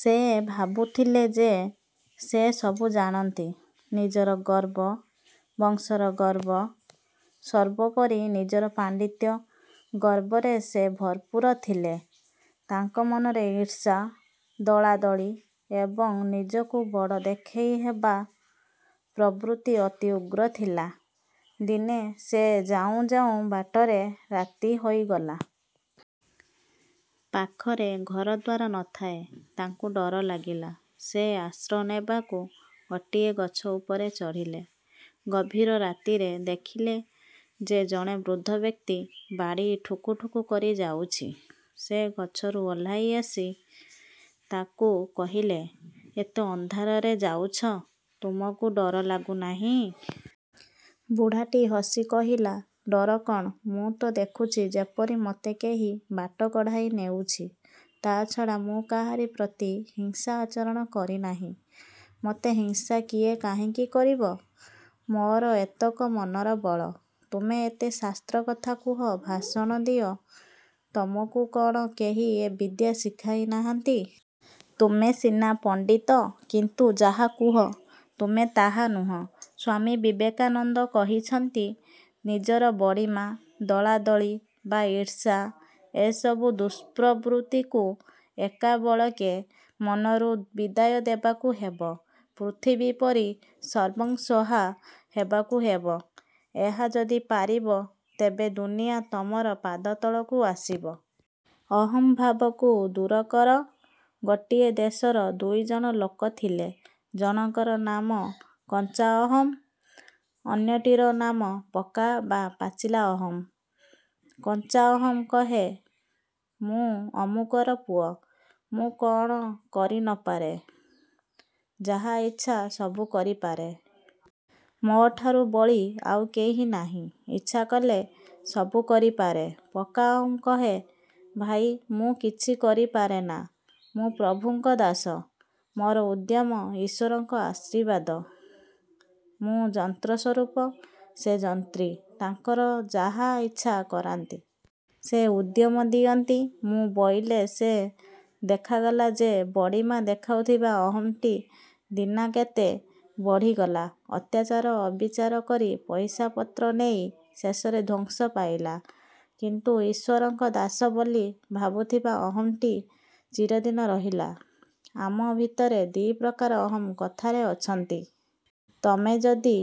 ସେ ଭାବୁଥିଲେ ଯେ ସେ ସବୁ ଜାଣନ୍ତି। ନିଜର ଗର୍ବ, ବଂଶର ଗର୍ବ, ସର୍ବୋପରି ନିଜର ପାଣ୍ଡିତ୍ୟ-ଗର୍ବରେ ସେ ଭରପୂର ଥିଲେ। ତାଙ୍କ ମନରେ ଈର୍ଷା, ଦଳାଦଳି ଏବଂ ନିଜକୁ ବଡ଼ ଦେଖାଇ ହେବା ପ୍ରବୃତ୍ତି ଅତି ଉଗ୍ର ଥିଲା। ଦିନେ ସେ ଯାଉଁ ଯାଉଁ ବାଟରେ ରାତି ହୋଇଗଲା। ପାଖରେ ଘରଦ୍ୱାର ନ ଥାଏ। ତାଙ୍କୁ ଡର ଲାଗିଲା। ସେ ଆଶ୍ରୟ ନେବାକୁ ଗୋଟିଏ ଗଛ ଉପରେ ଚଢ଼ିଲେ। ଗଭୀର ରାତିରେ ଦେଖିଲେ ଯେ ଜଣେ ବୃଦ୍ଧ ବ୍ୟକ୍ତି ବାଡ଼ି ଠୁକୁ ଠୁକୁ କରି ଯାଉଛି। ସେ ଗଛରୁ ଓହ୍ଲାଇ ଆସି ତାକୁ କହିଲେ-''ଏତେ ଅନ୍ଧାରରେ ଯାଉଛ, ତୁମକୁ ଡର ଲାଗୁ ନାହିଁ? '' ବୁଢ଼ାଟି ହସି କହିଲା-''ଡର କଣ-? ମୁଁ ତ ଦେଖୁଛି ଯେପରି ମୋତେ କେହି ବାଟ କଢ଼ାଇ ନେଉଛି। ତା'ଛଡ଼ା ମୁଁ କାହାରି ପ୍ରତି ହିଂସା ଆଚରଣ କରିନାହିଁ, ମୋତେ ହିଂସା କିଏ କାହିଁକି କରିବ? ମୋର ଏତକ ମନର ବଳ। ତୁମେ ଏତେ ଶାସ୍ତ୍ର କଥା କୁହ, ଭାଷଣ ଦିଅ, ତମକୁ କଣ କେହି ଏ ବିଦ୍ୟା ଶିଖାଇ ନାହାନ୍ତି? ତୁମେ ସିନା ପଣ୍ଡିତ କିନ୍ତୁ ଯାହା କୁହ ତୁମେ ତାହା ନୁହଁ। '' ସ୍ୱାମୀ ବିବେକାନନ୍ଦ କହିଛନ୍ତି-ନିଜର ବଡ଼ିମା, ଦଳାଦଳି ବା ଈର୍ଷା-ଏସବୁ ଦୁଷ୍ପ୍ରବୃତ୍ତିକୁ ଏକାବେଳକେ ମନରୁ ବିଦାୟ ଦେବାକୁ ହେବ। ପୃଥିବୀ ପରି ସର୍ବଂସହା ହେବାକୁ ହେବ। ଏହା ଯଦି ପାରିବ ତେବେ ଦୁନିଆ ତମର ପାଦତଳକୁ ଆସିବ। ଅହଂଭାବକୁ ଦୂର କର ଗୋଟିଏ ଦେଶରେ ଦୁଇଜଣ ଲୋକ ଥିଲେ। ଜଣକର ନାମ କଞ୍ଚା ଅହଂ, ଅନ୍ୟଟିର ନାମ ପକ୍କା ବା ପାଚିଲା ଅହଂ। କଞ୍ଚା ଅହଂ କହେ, ''ମୁଁ ଅମୁକର ପୁଅ। ମୁଁ କଣ କରି ନ ପାରେ-? ଯାହା ଇଚ୍ଛା ସବୁ କରିପାରେ। ମୋ'ଠାରୁ ବଳି ଆଉ କେହି ନାହିଁ। ଇଚ୍ଛା କଲେ। ସବୁ କରିପାରେ। '' ପକ୍କା ଅହଂ କହେ, ''ଭାଇ, ମୁଁ କିଛି କରିପାରେନା। ମୁଁ ପ୍ରଭୁଙ୍କ ଦାସ। ମୋର ଉଦ୍ୟମ, ଈଶ୍ୱରଙ୍କ ଆଶୀର୍ବାଦ। ମୁଁ ଯନ୍ତ୍ର ସ୍ୱରୂପ, ସେ ଯନ୍ତ୍ରୀ। ତାଙ୍କର ଯାହା ଇଚ୍ଛା କରାନ୍ତି। ସେ ଉଦ୍ୟମ ଦିଅନ୍ତି। ମୁଁ ବୋଇଲେ ସେ। '' ଦେଖାଗଲା ଯେ ବଡ଼ିମା ଦେଖାଉଥିବା ଅହଂଟି ଦିନାକେତେ ବଢ଼ିଗଲା। ଅତ୍ୟାଚାର ଅବିଚାର କରି ପଇସାପତ୍ର ନେଇ ଶେଷରେ ଧ୍ୱଂସ ପାଇଲା, କିନ୍ତୁ ଈଶ୍ୱରଙ୍କ ଦାସ ବୋଲି ଭାବୁଥିବା ଅହଂଟି ଚିରଦିନ ରହିଲା। ଆମ ଭିତରେ ଦି ପ୍ରକାର ଅହଂ କଥାରେ ଅଛନ୍ତି। ତମେ ଯଦି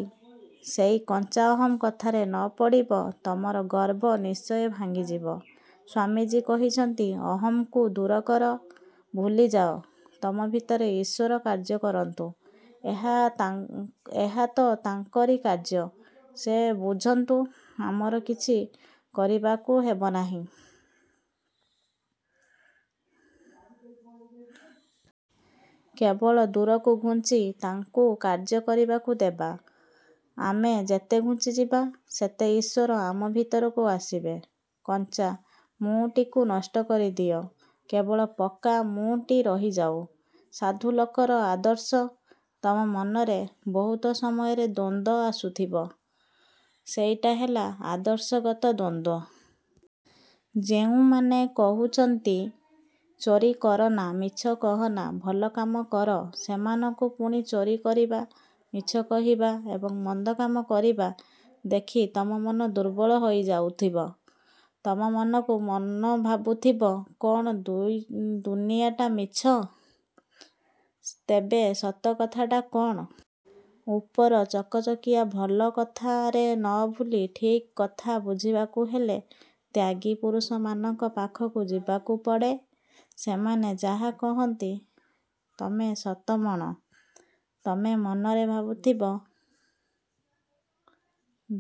ସେଇ କଞ୍ଚା ଅହଂ କଥାରେ ନ ପଡ଼ିବ ତମର ଗର୍ବ ନିଶ୍ଚୟ ଭାଙ୍ଗିଯିବ। ସ୍ୱାମୀଜୀ କହିଛନ୍ତି-ଅହଂକୁ ଦୂର କର, ଭୁଲିଯାଅ। ତମ ଭିତରେ ଈଶ୍ୱର କାର୍ଯ୍ୟ କରନ୍ତୁ-। ଏହା ତ ତାଙ୍କରି କାର୍ଯ୍ୟ, ସେ ବୁଝନ୍ତୁ। ଆମକୁ କିଛି କରିବାକୁ ହେବ ନାହିଁ। କେବଳ ଦୂରକୁ ଘୁଞ୍ଚି ତାଙ୍କୁ କାର୍ଯ୍ୟ କରିବାକୁ ଦେବା। ଆମେ ଯେତେ ଘୁଞ୍ଚିଯିବା ସେତେ ଈଶ୍ୱର ଆମ ଭିତରକୁ ଆସିବେ-। କଞ୍ଚା 'ମୁଁ'ଟିକୁ ନଷ୍ଟ କରିଦିଅ। କେବଳ ପକ୍କା 'ମୁଁ'ଟି ରହିଯାଉ। ସାଧୁ ଲୋକର ଆଦର୍ଶ ତମ ମନରେ ବହୁ ସମୟରେ ଦ୍ୱନ୍ଦ୍ୱ ଆସୁଥିବ। ସେଇଟି ହେଲା ଆଦର୍ଶଗତ ଦ୍ୱନ୍ଦ୍ୱ। ଯେଉଁମାନେ କହୁଛନ୍ତି ଚୋରି କରନା, ମିଛ କହନା, ଭଲ କାମ କର, ସେମାନଙ୍କୁ ପୁଣି ଚୋରି କରିବା, ମିଛ କହିବା ଏବଂ ମନ୍ଦ କାମ କରିବା ଦେଖି ତମ ମନ ଦୁର୍ବଳ ହୋଇଯାଉଥିବ। ତମେ ମନକୁ ମନ ଭାବୁଥିବ-କ'ଣ ଦୁନିଆଟା ମିଛ। ତେବେ ସତକଥାଟା କଣ? ଉପର ଚକ ଚକିଆ, ଭଲ ଭଲ କଥାରେ ନ ଭୁଲି ଠିକ୍ କଥା ବୁଝିବାକୁ ହେଲେ ତ୍ୟାଗୀ ପୁରୁଷମାନଙ୍କ ପାଖକୁ ଯିବାକୁ ପଡ଼େ। ସେମାନେ ଯାହା କହନ୍ତି ତମେ ସତ ମଣ। ତମେ ମନରେ ଭାବୁଥିବ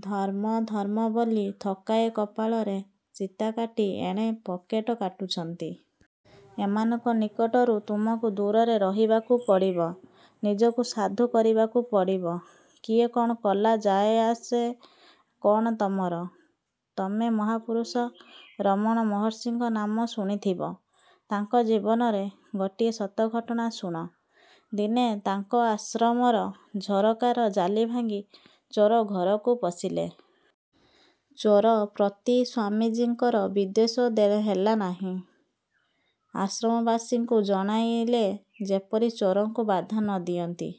ଧର୍ମ ଧର୍ମ ବୋଲି ଥୋକାଏ କପାଳରେ ଚିତା କାଟି ଏଣେ ପକେଟ କାଟୁଛନ୍ତି। ଏମାନଙ୍କ ନିକଟରୁ ତମକୁ ଦୂରରେ ରହିବାକୁ ପଡ଼ିବ। ନିଜକୁ ସାଧୁ କରିବାକୁ ପଡ଼ିବ। କିଏ କଣ କଲା ଯାଏ ଆସେ କଣ ତମର? ତମେ ମହାପୁରୁଷ ରମଣ ମହର୍ଷିଙ୍କ ନାମ ଶୁଣିଥିବ। ତାଙ୍କ ଜୀବନର ଗୋଟିଏ ସତ ଘଟଣା ଶୁଣ। ଦିନେ ତାଙ୍କ ଆଶ୍ରମର ଝରକାର ଜାଲି ଭାଙ୍ଗି ଚୋର ଘରକୁ ପଶିଲେ। ଚୋର ପ୍ରତି ସ୍ୱାମୀଜୀଙ୍କର ବିଦ୍ୱେଷ ହେଲା ନାହିଁ। ସେ ଆଶ୍ରମବାସୀମାନଙ୍କୁ ଜଣାଇଲେ ଯେପରି ଚୋରକୁ ବାଧା ନ ଦିଅନ୍ତି।